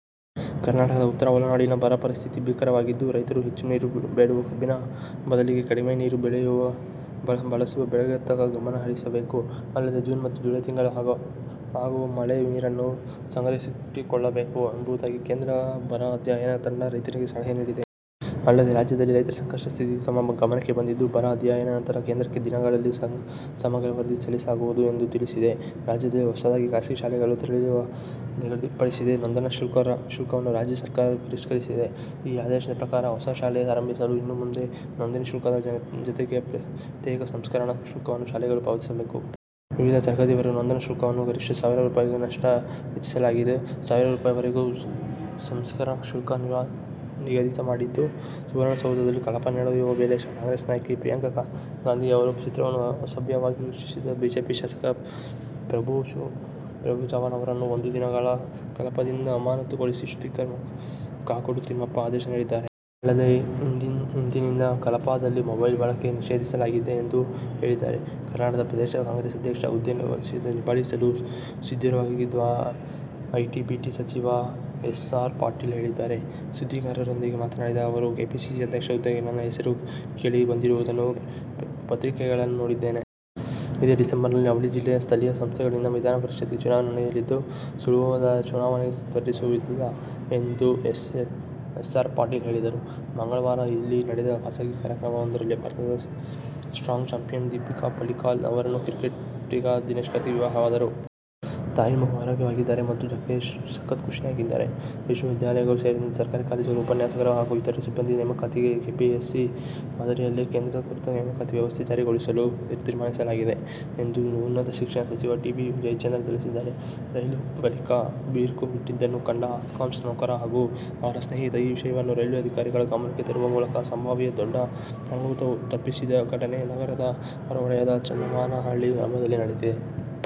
ಕರ್ನಾಟಕದ ಉತ್ತರ ಒಳನಾಡಿನಲ್ಲಿ ಬರ ಪರಿಸ್ಥಿತಿ ಭೀಕರವಾಗಿದ್ದು, ರೈತರು ಹೆಚ್ಚು ನೀರು ಬೇಡುವ ಕಬ್ಬಿನ ಬದಲಿಗೆ ಕಡಿಮೆ ನೀರು ಬಳಸುವ ಬೆಳೆಗಳತ್ತ ಗಮನ ಹರಿಸಬೇಕು. ಅಲ್ಲದೆ, ಜೂನ್ ಮತ್ತು ಜುಲೈ ತಿಂಗಳು ಆಗುವ ಮಳೆ ನೀರನ್ನು ಸಂಗ್ರಹಿಸಿಟ್ಟುಕೊಳ್ಳಬೇಕು ಎಂಬುದಾಗಿ ಕೇಂದ್ರ ಬರ ಅಧ್ಯಯನ ತಂಡ ರೈತರಿಗೆ ಸಲಹೆ ನೀಡಿದೆ. ಅಲ್ಲದೆ, ರಾಜ್ಯದಲ್ಲಿ ರೈತರ ಸಂಕಷ್ಟದ ಸ್ಥಿತಿ ತಮ್ಮ ಗಮನಕ್ಕೆ ಬಂದಿದ್ದು, ಬರ ಅಧ್ಯಯನ ನಂತರ ಕೇಂದ್ರಕ್ಕೆ ದಿನಗಳಲ್ಲಿ ಸಮಗ್ರ ವರದಿ ಸಲ್ಲಿಸಲಾಗುವುದು ಎಂದು ತಿಳಿಸಿದೆ. ರಾಜ್ಯದಲ್ಲಿ ಹೊಸದಾಗಿ ಖಾಸಗಿ ಶಾಲೆಗಳನ್ನು ತೆರೆಯಲು ನಿಗದಿಪಡಿಸಿದ್ದ ನೋಂದಣಿ ಶುಲ್ಕವನ್ನು ರಾಜ್ಯ ಸರ್ಕಾರ ಪರಿಷ್ಕರಿಸಿದೆ. ಈ ಆದೇಶದ ಪ್ರಕಾರ ಹೊಸ ಶಾಲೆ ಆರಂಭಿಸಲು ಇನ್ನು ಮುಂದೆ ನೋಂದಣಿ ಶುಲ್ಕದ ಜತೆಗೆ ಪ್ರತ್ಯೇಕ ಸಂಸ್ಕರಣ ಶುಲ್ಕವನ್ನೂ ಶಾಲೆಗಳು ಪಾವತಿಸಬೇಕಿದೆ. ವಿವಿಧ ತರಗತಿವರೆಗೆ ನೋಂದಣಿ ಶುಲ್ಕವನ್ನು ಗರಿಷ್ಠ ಸಾವಿರ ರೂ. ನಷ್ಟು ಹೆಚ್ಚಿಸಲಾಗಿದ್ದು, ಸಾವಿರ ರೂ. ವರೆಗೆ ಸಂಸ್ಕರಣ ಶುಲ್ಕ ನಿಗದಿಮಾಡಲಾಗಿದೆ. ಸುವರ್ಣಸೌಧದಲ್ಲಿ ಕಲಾಪ ನಡೆಯುವ ವೇಳೆ ಕಾಂಗ್ರೆಸ್ ನಾಯಕಿ ಪ್ರಿಯಾಂಕಾ ಗಾಂಧಿ ಅವರ ಚಿತ್ರವನ್ನು ಅಸಭ್ಯವಾಗಿ ವೀಕ್ಷಿಸಿದ ಬಿಜೆಪಿ ಶಾಸಕ ಪ್ರಭು ಚವಾಣ್ ಅವರನ್ನು ಒಂದು ದಿನಗಳ ಕಲಾಪದಿಂದ ಅಮಾನತುಗೊಳಿಸಿ ಸ್ಪೀಕರ್ ಕಾಗೋಡು ತಿಮ್ಮಪ್ಪ ಆದೇಶ ನೀಡಿದ್ದಾರೆ. ಅಲ್ಲದೇ ಇಂದಿನಿಂದ ಕಲಾಪದಲ್ಲಿ ಮೊಬೈಲ್ ಬಳಕೆ ನಿಷೇಧಿಸಲಾಗಿದೆ ಎಂದು ಹೇಳಿದರು. ಕರ್ನಾಟಕ ಪ್ರದೇಶ ಕಾಂಗ್ರೆಸ್ ಅಧ್ಯಕ್ಷ ಹುದ್ದೆ ವಹಿಸಿದರೆ ನಿಭಾಯಿಸಲು ಸಿದ್ಧವಿರುವುದಾಗಿ ಐಟಿ- ಬಿಟಿ ಸಚಿವ ಎಸ್. ಆರ್. ಪಾಟೀಲ ಹೇಳಿದ್ದಾರೆ. ಸುದ್ದಿಗಾರರೊಂದಿಗೆ ಮಾತನಾಡಿದ ಅವರು, ಕೆಪಿಸಿಸಿ ಅಧ್ಯಕ್ಷರ ಹುದ್ದೆಗೆ ನನ್ನ ಹೆಸರು ಕೇಳಿ ಬಂದಿರುವುದನ್ನು ಪತ್ರಿಕೆಗಳಲ್ಲಿ ನೋಡಿದ್ದೇನೆ. ಇದೇ ಡಿಸೆಂಬರ್ನಲ್ಲಿ ಅವಳಿ ಜಿಲ್ಲೆಯ ಸ್ಥಳೀಯ ಸಂಸ್ಥೆಗಳಿಂದ ವಿಧಾನ ಪರಿಷತ್ಗೆ ಚುನಾವಣೆ ನಡೆಯಲಿದ್ದು, ಸೋಲುವುದಾದರೆ ಚುನಾವಣೆಗೆ ಸ್ಪರ್ಧಿಸುವುದಿಲ್ಲ ಎಂದು ಎಸ್. ಆರ್. ಪಾಟೀಲ ಹೇಳಿದರು. ಮಂಗಳವಾರ ಇಲ್ಲಿ ನಡೆದ ಖಾಸಗಿ ಕಾರ್ಯಕ್ರಮವೊಂದರಲ್ಲಿ ಭಾರತದ ಸ್ಕ್ವಾಷ್ ಚಾಂಪಿಯನ್ ದೀಪಿಕಾ ಪಳ್ಳೀಕಲ್ ಅವರನ್ನು ಕ್ರಿಕೆಟಿಗ ದಿನೇಶ್ ಕಾರ್ತಿಕ್ ವಿವಾಹವಾದರು. ತಾಯಿ-ಮಗು ಆರೋಗ್ಯವಾಗಿದ್ದಾರೆ ಮತ್ತು ಜಗ್ಗೇಶ್ ಸಖತ್ ಖುಷಿಯಾಗಿದ್ದಾರೆ. ವಿಶ್ವವಿದ್ಯಾಲಯಗಳು ಸೇರಿದಂತೆ ಸರ್ಕಾರಿ ಕಾಲೇಜುಗಳ ಉಪನ್ಯಾಸಕರು ಹಾಗೂ ಇತರೆ ಸಿಬ್ಬಂದಿ ನೇಮಕಾತಿಗಾಗಿ ಕೆಪಿಎಸ್ಸಿ ಮಾದರಿಯಲ್ಲೇ ಕೇಂದ್ರೀಕೃತ ನೇಮಕಾತಿ ವ್ಯವಸ್ಥೆ ಜಾರಿಗೊಳಿಸಲು ತೀರ್ಮಾನಿಸಲಾಗಿದೆ ಎಂದು ಉನ್ನತ ಶಿಕ್ಷಣ ಸಚಿವ ಟಿ. ಬಿ. ಜಯಚಂದ್ರ ತಿಳಿಸಿದ್ದಾರೆ. ರೈಲು ಹಳಿ ಬಿರುಕು ಬಿಟ್ಟಿದ್ದನ್ನು ಕಂಡ ಹಾಪ್ಕಾಮ್ಸ್ ನೌಕರ ಹಾಗೂ ಅವರ ಸ್ನೇಹಿತ ಈ ವಿಷಯವನ್ನು ರೈಲ್ವೆ ಅಧಿಕಾರಿಗಳ ಗಮನಕ್ಕೆ ತರುವ ಮೂಲಕ ಸಂಭಾವ್ಯ ದೊಡ್ಡ ಅನಾಹುತವನ್ನು ತಪ್ಪಿಸಿದ ಘಟನೆ ನಗರದ ಹೊರವಲಯದ ಚನ್ನಮಾನಹಳ್ಳಿ ಗ್ರಾಮದಲ್ಲಿ ನಡೆದಿದೆ.